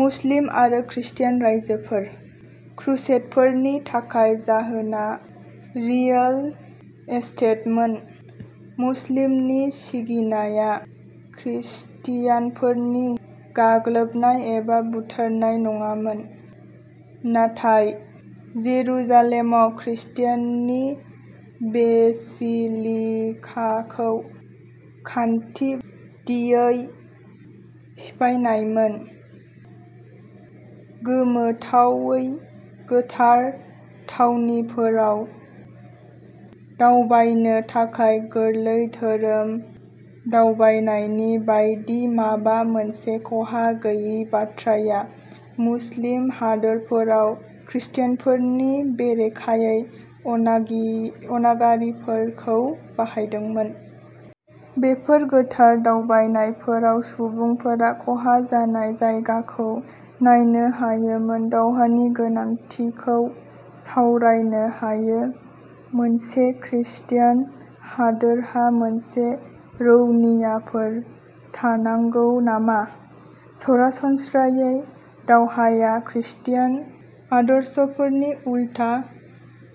मुस्लिम आरो ख्रिस्तियान रायजोफोर, क्रुसेडफोरनि थाखाय जाहोना रिएल एस्टेटमोन। मुस्लिमनि सिगिनाया ख्रिस्तियानफोरनि गाग्लोबनाय एबा बुथारनाय नङामोन, नाथाय जेरुजालेमाव ख्रिस्तियाननि बेसिलिकाखौ खान्थिदियै सिफायनायमोन। गोमोथावै गोथार थावनिफोराव दावबायनो थाखाय गोरलै धोरोम दावबायनायनि बायदि माबा मोनसे खहा गैयै बाथ्राया मुस्लिम हादोरफोराव ख्रिस्तियानफोरनि बेरेखायै अनागारिफोरखौ बांहोदोंमोन। बेफोर गोथार दावबायनायफोराव सुबुंफोरा खहा जानाय जायगाखौ नायनो हायोमोन। दावहानि गोनांथिखौ सावरायनो हायो, मोनसे ख्रिस्तियान हादोरहा मोनसे रौनियाफोर थानांगौ नामा? सरासनस्रायै दावहाया ख्रिस्तियान आदर्शफोरनि उल्था,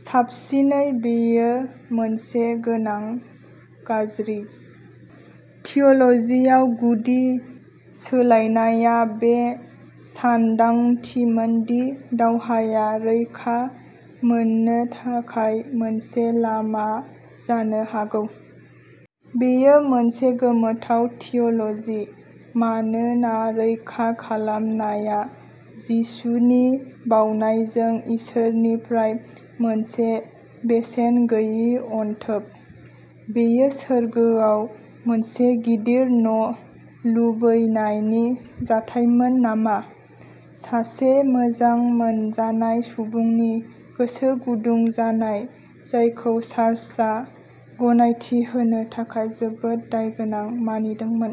साबसिनै बेयो मोनसे गोनां गाज्रि। थिय'ल'जियाव गुदि सोलायनायआ बे सानदांथिमोन दि दावहाया रैखा मोननो थाखाय मोनसे लामा जानो हागौ। बेयो मोनसे गोमोथाव थिय'ल'जि, मानोना रैखा खालामनाया जिसुनि बावनायजों इसोरनिफ्राय मोनसे बेसेन गैयै अनथोब। बेयो सोरगोआव मोनसे गिदिर न' लुबैनायनि जाथायमोन नामा? सासे मोजां मोनजानाय सुबुंनि गोसो गुदुं जानाय जायखौ चार्चआ गनायथि होनो थाखाय जोबोद दायगोनां मानिदोंमोन।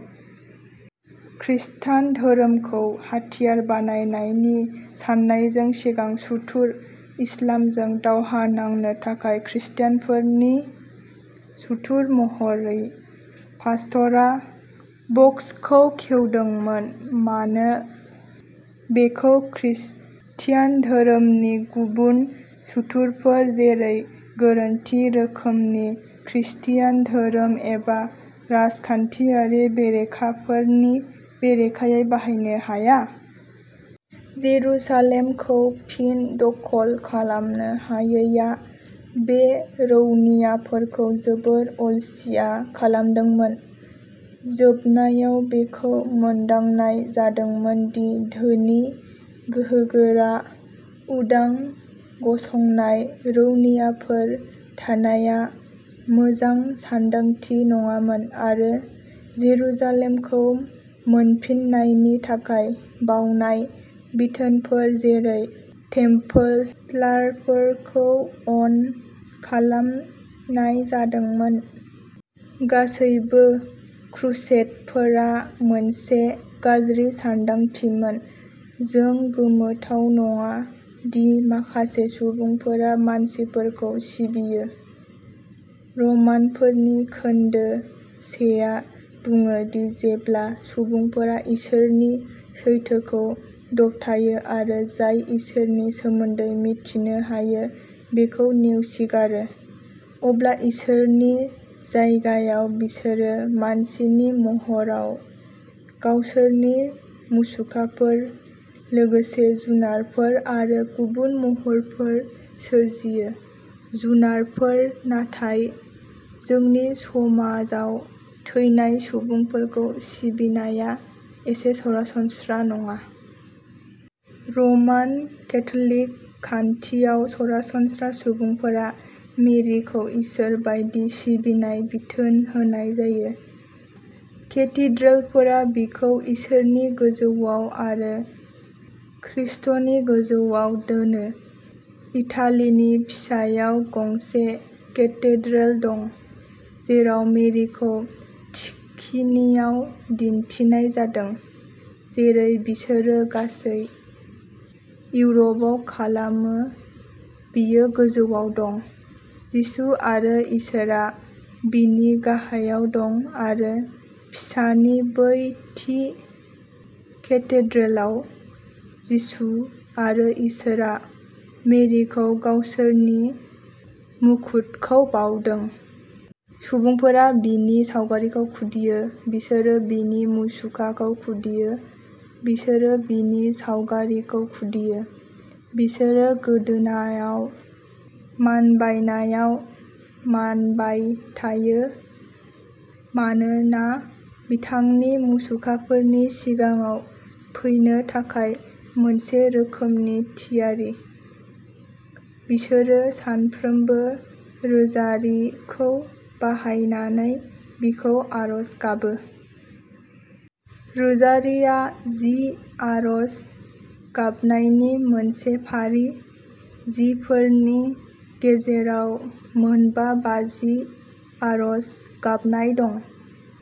ख्रिस्तान धोरोमखौ हाथियार बानायनायनि साननायजों सिगां "सुथुर" इस्लामजों दावहा नांनो थाखाय ख्रिस्तानफोरनि सुथुर महरै पास्टरा बक्सखौ खेवदोंमोन मानो बेखौ ख्रिस्तियान धोरोमनि गुबुन सुथुरफोर जेरै गोरोन्थि रोखोमनि ख्रिस्तियान धोरोम एबा राजखान्थियारि बेरेखाफोरनि बेरेखायै बाहायनो हाया? जेरुसालेमखौ फिन दखल खालामनो हायैआ बे रौनियाफोरखौ जोबोद अलसिया खालामदोंमोन। जोबनायाव बेखौ मोनदांनाय जादोंमोन दि धोनि, गोहोगोरा, उदां गसंनाय रौनियाफोर थानायआ मोजां सानदांथि नङामोन आरो जेरुजालेमखौ मोनफिन्नायनि थाखाय बावनाय बिथोनफोर जेरै टेम्पोलारफोरखौ अन खालामनाय जादोंमोन। गासैबो क्रुसेडफोरा मोनसे गाज्रि सानदांथिमोन। जों गोमोथाव नङा दि माखासे सुबुंफोरा मानसिफोरखौ सिबियो। रमानफोरनि खोन्दो सेआ बुङो दि जेब्ला सुबुंफोरा इसोरनि सैथोखौ दबथायो आरो जाय इसोरनि सोमोन्दै मिथिनो हायो बेखौ नेवसिगारो, अब्ला इसोरनि जायगायाव बिसोरो मानसिनि महराव गावसोरनि मुसुखाफोर लोगोसे जुनारफोर आरो गुबुन महरफोर सोरजियो जुनारफोर नाथाय जोंनि समाजाव थैनाय सुबुंफोरखौ सिबिनायआ एसे सरासनस्रा नङा। रमान केथ'लिक खान्थियाव सरासनस्रा सुबुंफोरा मेरिखौ इसोर बायदि सिबिनाय बिथोन होनाय जायो। केथेड्रेलफोरा बिखौ इसोरनि गोजौआव आरो ख्रिस्ट'नि गोजौआव दोनो। इटालीनि पिसायाव गंसे केथेड्रेल दं, जेराव मेरिखौ थिखिनियाव दिन्थिनाय जादों, जेरै बिसोरो गासै इउर'पआव खालामो, बियो गोजौआव दं, जिसु आरो इसोरआ बिनि गाहायाव दं आरो पिसानि बै थि केथेड्रेलाव, जिसु आरो इसोरआ मेरिखौ गावसोरनि मुकुटखौ बाउदों। सुबुंफोरा बिनि सावगारिखौ खुदियो। बिसोरो बिनि मुसुखाखौ खुदियो। बिसोरो बिनि सावगारिखौ खुदियो। बिसोरो गोदोनाआव मानबायनायाव मानबाय थायो, मानोना बिथांनि मुसुखाफोरनि सिगाङाव फैनो थाखाय मोनसे रोखोमनि थियारि। बिसोरो सानफ्रोमबो रोजारिखौ बाहायनानै बिखौ आरज गाबो। रोजारिआ जि आरज गाबनायनि मोनसे फारि, जिफोरनि गेजेराव मोनबा बाजि आरज गाबनाय दं।